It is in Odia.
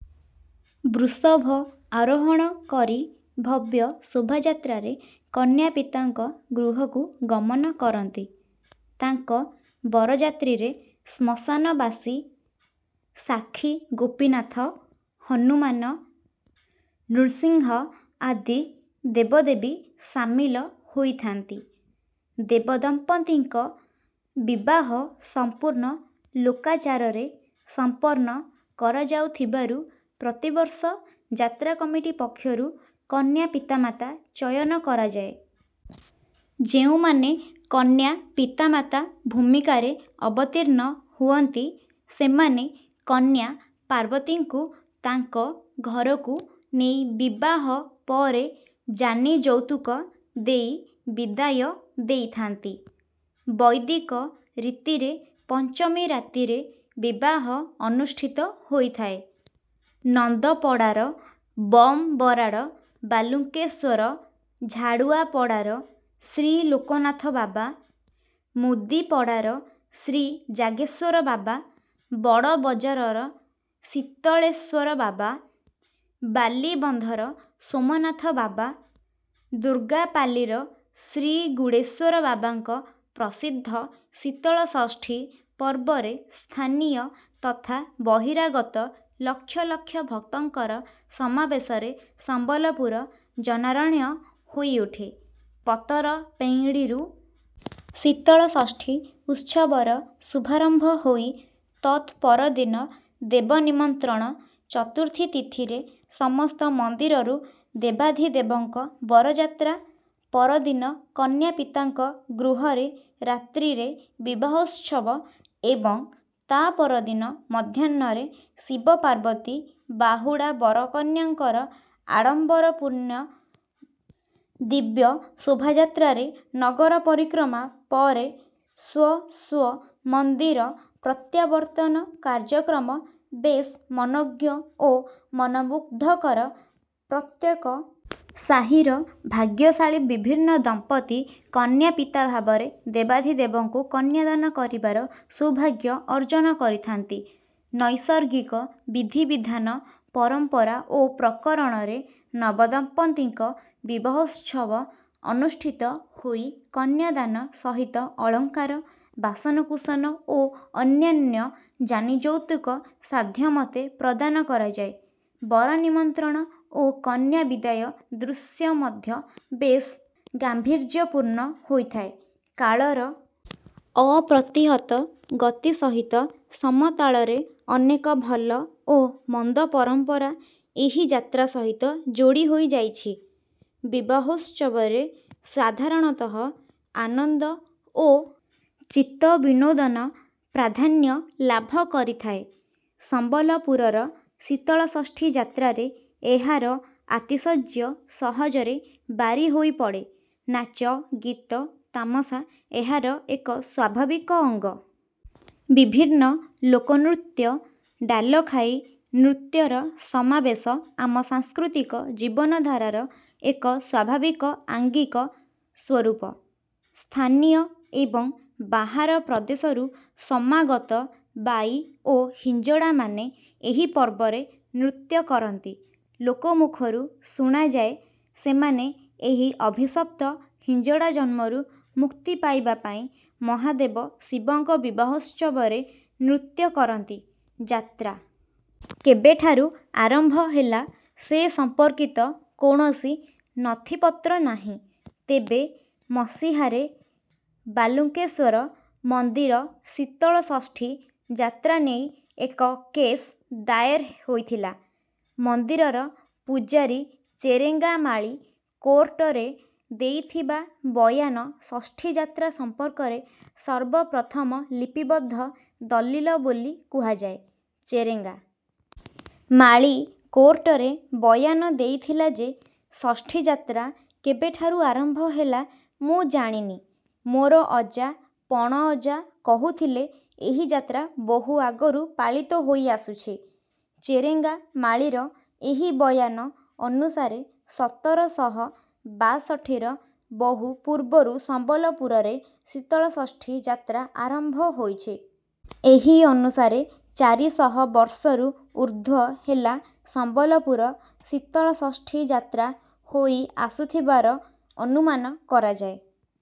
ବୃଷଭ ଆରୋହଣ କରି ଭବ୍ୟ ଶୋଭାଯାତ୍ରାରେ କନ୍ୟାପିତାଙ୍କ ଗୃହକୁ ଗମନ କରନ୍ତି। ତାଙ୍କ ବରଯାତ୍ରୀରେ ଶ୍ମଶାନବାସୀ, ସାକ୍ଷୀଗୋପୀନାଥ, ହନୁମାନ, ନୃସିଂହ ଆଦି ଦେବଦେବୀ ସାମିଲ ହୋଇଥାନ୍ତି। ଦେବଦମ୍ପତିଙ୍କ ବିବାହ ସମ୍ପୂର୍ଣ୍ଣ ଲୋକାଚାରରେ ସମ୍ପନ୍ନ କରାଯାଉଥିବାରୁ ପ୍ରତିବର୍ଷ ଯାତ୍ରା କମିଟି ପକ୍ଷରୁ କନ୍ୟା ପିତାମାତା ଚୟନ କରାଯାଏ। ଯେଉଁମାନେ କନ୍ୟା ପିତାମାତା ଭୂମିକାରେ ଅବତୀର୍ଣ୍ଣ ହୁଅନ୍ତି, ସେମାନେ କନ୍ୟା ପାର୍ବତୀଙ୍କୁ ତାଙ୍କ ଘରକୁ ନେଇ ବିବାହ ପରେ ଯାନିଯୌତୁକ ଦେଇ ବିଦାୟ ଦେଇଥାନ୍ତି। ବୈଦିକ ରୀତିରେ ପଞ୍ଚମୀ ରାତିରେ ବିବାହ ଅନୁଷ୍ଠିତ ହୋଇଥାଏ। ନନ୍ଦପଡ଼ାର ବମ୍ ବରାଡ଼ ବାଲୁଙ୍କେଶ୍ୱର, ଝାଡ଼ୁଆପଡ଼ାର ଶ୍ରୀଲୋକନାଥ ବାବା, ମୁଦିପଡ଼ାର ଶ୍ରୀଜାଗେଶ୍ୱର ବାବା, ବଡ଼ବଜାରର ଶୀତଳେଶ୍ୱର ବାବା, ବାଲିବନ୍ଧର ସୋମନାଥ ବାବା, ଦୁର୍ଗାପାଲିର ଶ୍ରୀଗୁଡ଼େଶ୍ୱର ବାବାଙ୍କ ପ୍ରସିଦ୍ଧ ଶୀତଳଷଷ୍ଠୀ ପର୍ବରେ ସ୍ଥାନୀୟ ତଥା ବହିରାଗତ ଲକ୍ଷ ଲକ୍ଷ ଭକ୍ତଙ୍କର ସମାବେଶରେ ସମ୍ବଲପୁର ଜନାରଣ୍ୟ ହୋଇଉଠେ। ପତରପେଁଡ଼ିରୁ ଶୀତଳଷଷ୍ଠୀ ଉତ୍ସବର ଶୁଭାରମ୍ଭ ହୋଇ, ତତ୍‌ପରଦିନ ଦେବ ନିମନ୍ତ୍ରଣ, ଚତୁର୍ଥୀ ତିଥିରେ ସମସ୍ତ ମନ୍ଦିରରୁ ଦେବାଧିଦେବଙ୍କ ବରଯାତ୍ରା, ପରଦିନ କନ୍ୟାପିତାଙ୍କ ଗୃହରେ ରାତ୍ରିରେ ବିବାହୋତ୍ସବ ଏବଂ ତା’ପରଦିନ ମଧ୍ୟାହ୍ନରେ ଶିବପାର୍ବତୀ ବାହୁଡ଼ା ବରକନ୍ୟାଙ୍କର ଆଡ଼ମ୍ବରପୂର୍ଣ୍ଣ ଦିବ୍ୟ ଶୋଭାଯାତ୍ରାରେ ନଗର ପରିକ୍ରମା ପରେ ସ୍ୱ ସ୍ୱ ମନ୍ଦିର ପ୍ରତ୍ୟାବର୍ତ୍ତନ କାର୍ଯ୍ୟକ୍ରମ ବେଶ୍ ମନୋଜ୍ଞ ଓ ମନମୁଗ୍ଧକର। ପ୍ରତ୍ୟେକ ସାହିର ଭାଗ୍ୟଶାଳୀ ବିଭିନ୍ନ ଦମ୍ପତି କନ୍ୟାପିତା ଭାବରେ ଦେବାଧିଦେବଙ୍କୁ କନ୍ୟାଦାନ କରିବାର ସୌଭାଗ୍ୟ ଅର୍ଜନ କରିଥାନ୍ତି। ନୈସର୍ଗିକ ବିଧିବିଧାନ, ପରମ୍ପରା ଓ ପ୍ରକରଣରେ ନବଦମ୍ପତିଙ୍କର ବିବାହୋତ୍ସବ ଅନୁଷ୍ଠିତ ହୋଇ କନ୍ୟାଦାନ ସହିତ ଅଳଙ୍କାର, ବାସନକୁସନ ଓ ଅନ୍ୟାନ୍ୟ ଯାନିଯୌତୁକ ସାଧ୍ୟମତେ ପ୍ରଦାନ କରାଯାଏ। ବର ନିମନ୍ତ୍ରଣ ଓ କନ୍ୟା ବିଦାୟ ଦୃଶ୍ୟ ମଧ୍ୟ ବେଶ୍ ଗାମ୍ଭୀର୍ଯ୍ୟପୂର୍ଣ୍ଣ ହୋଇଥାଏ। କାଳର ଅପ୍ରତିହତ ଗତି ସହିତ ସମତାଳରେ ଅନେକ ଭଲ ଓ ମନ୍ଦ ପରମ୍ପରା ଏହି ଯାତ୍ରା ସହିତ ଯୋଡ଼ି ହୋଇଯାଇଛି। ବିବାହୋତ୍ସବରେ ସାଧାରଣତଃ ଆନନ୍ଦ ଓ ଚିତ୍ତବିନୋଦନ ପ୍ରାଧାନ୍ୟ ଲାଭ କରିଥାଏ। ସମ୍ବଲପୁରର ଶୀତଳଷଷ୍ଠୀ ଯାତ୍ରାରେ ଏହାର ଆତିଶଯ୍ୟ ସହଜରେ ବାରି ହୋଇପଡ଼େ। ନାଚ, ଗୀତ, ତାମସା ଏହାର ଏକ ସ୍ୱାଭାବିକ ଅଙ୍ଗ। ବିଭିନ୍ନ ଲୋକନୃତ୍ୟ, ଡାଲଖାଇ ନୃତ୍ୟର ସମାବେଶ ଆମ ସାଂସ୍କୃତିକ ଜୀବନଧାରାର ଏକ ସ୍ୱାଭାବିକ ଆଙ୍ଗିକ ସ୍ୱରୂପ। ସ୍ଥାନୀୟ ଏବଂ ବାହାର ପ୍ରଦେଶରୁ ସମାଗତ ବାଈ ଓ ହିଞ୍ଜଡ଼ାମାନେ ଏହି ପର୍ବରେ ନୃତ୍ୟ କରନ୍ତି। ଲୋକମୁଖରୁ ଶୁଣାଯାଏ, "ସେମାନେ ଏହି ଅଭିଶପ୍ତ ହିଞ୍ଜଡ଼ା ଜନ୍ମରୁ ମୁକ୍ତି ପାଇବା ପାଇଁ ମହାଦେବ ଶିବଙ୍କ ବିବାହୋତ୍ସବରେ ନୃତ୍ୟ କରନ୍ତି"।ଯାତ୍ରା କେବେଠାରୁ ଆରମ୍ଭ ହେଲା, ସେ ସମ୍ପର୍କିତ କୌଣସି ନଥିପତ୍ର ନାହିଁ। ତେବେ ମସିହାରେ ବାଲୁଙ୍କେଶ୍ୱର ମନ୍ଦିର ଶୀତଳଷଷ୍ଠୀ ଯାତ୍ରା ନେଇ ଏକ କେସ୍ ଦାଏର ହୋଇଥିଲା। ମନ୍ଦିରର ପୂଜାରୀ ଚେରେଙ୍ଗା ମାଳୀ କୋର୍ଟରେ ଦେଇଥିବା ବୟାନ ଷଷ୍ଠୀ ଯାତ୍ରା ସମ୍ପର୍କରେ ସର୍ବପ୍ରଥମ ଲିପିବଦ୍ଧ ଦଲିଲ ବୋଲି କୁହାଯାଏ। ଚେରେଙ୍ଗା ମାଳୀ କୋର୍ଟରେ ବୟାନ ଦେଇଥିଲା ଯେ, ଷଷ୍ଠୀ ଯାତ୍ରା କେବେଠାରୁ ଆରମ୍ଭ ହେଲା ମୁଁ ଜାଣିନି। ମୋର ଅଜା, ପଣଅଜା କହୁଥିଲେ ଏହି ଯାତ୍ରା ବହୁ ଆଗରୁ ପାଳିତ ହୋଇଆସୁଛି। ଚେରେଙ୍ଗା ମାଳୀର ଏହି ବୟାନ ଅନୁସାରେ ସତର ଶହ ବାଷଠିର ବହୁ ପୂର୍ବରୁ ସମ୍ବଲପୁରରେ ଶୀତଳଷଷ୍ଠୀ ଯାତ୍ରା ଆରମ୍ଭ ହୋଇଛି। ଏହି ଅନୁସାରେ ଚାରି ଶହ ବର୍ଷରୁ ଊର୍ଦ୍ଧ୍ୱ ହେଲା ସମ୍ବଲପୁର ଶୀତଳଷଷ୍ଠୀ ଯାତ୍ରା ହୋଇଆସୁଥିବାର ଅନୁମାନ କରାଯାଏ।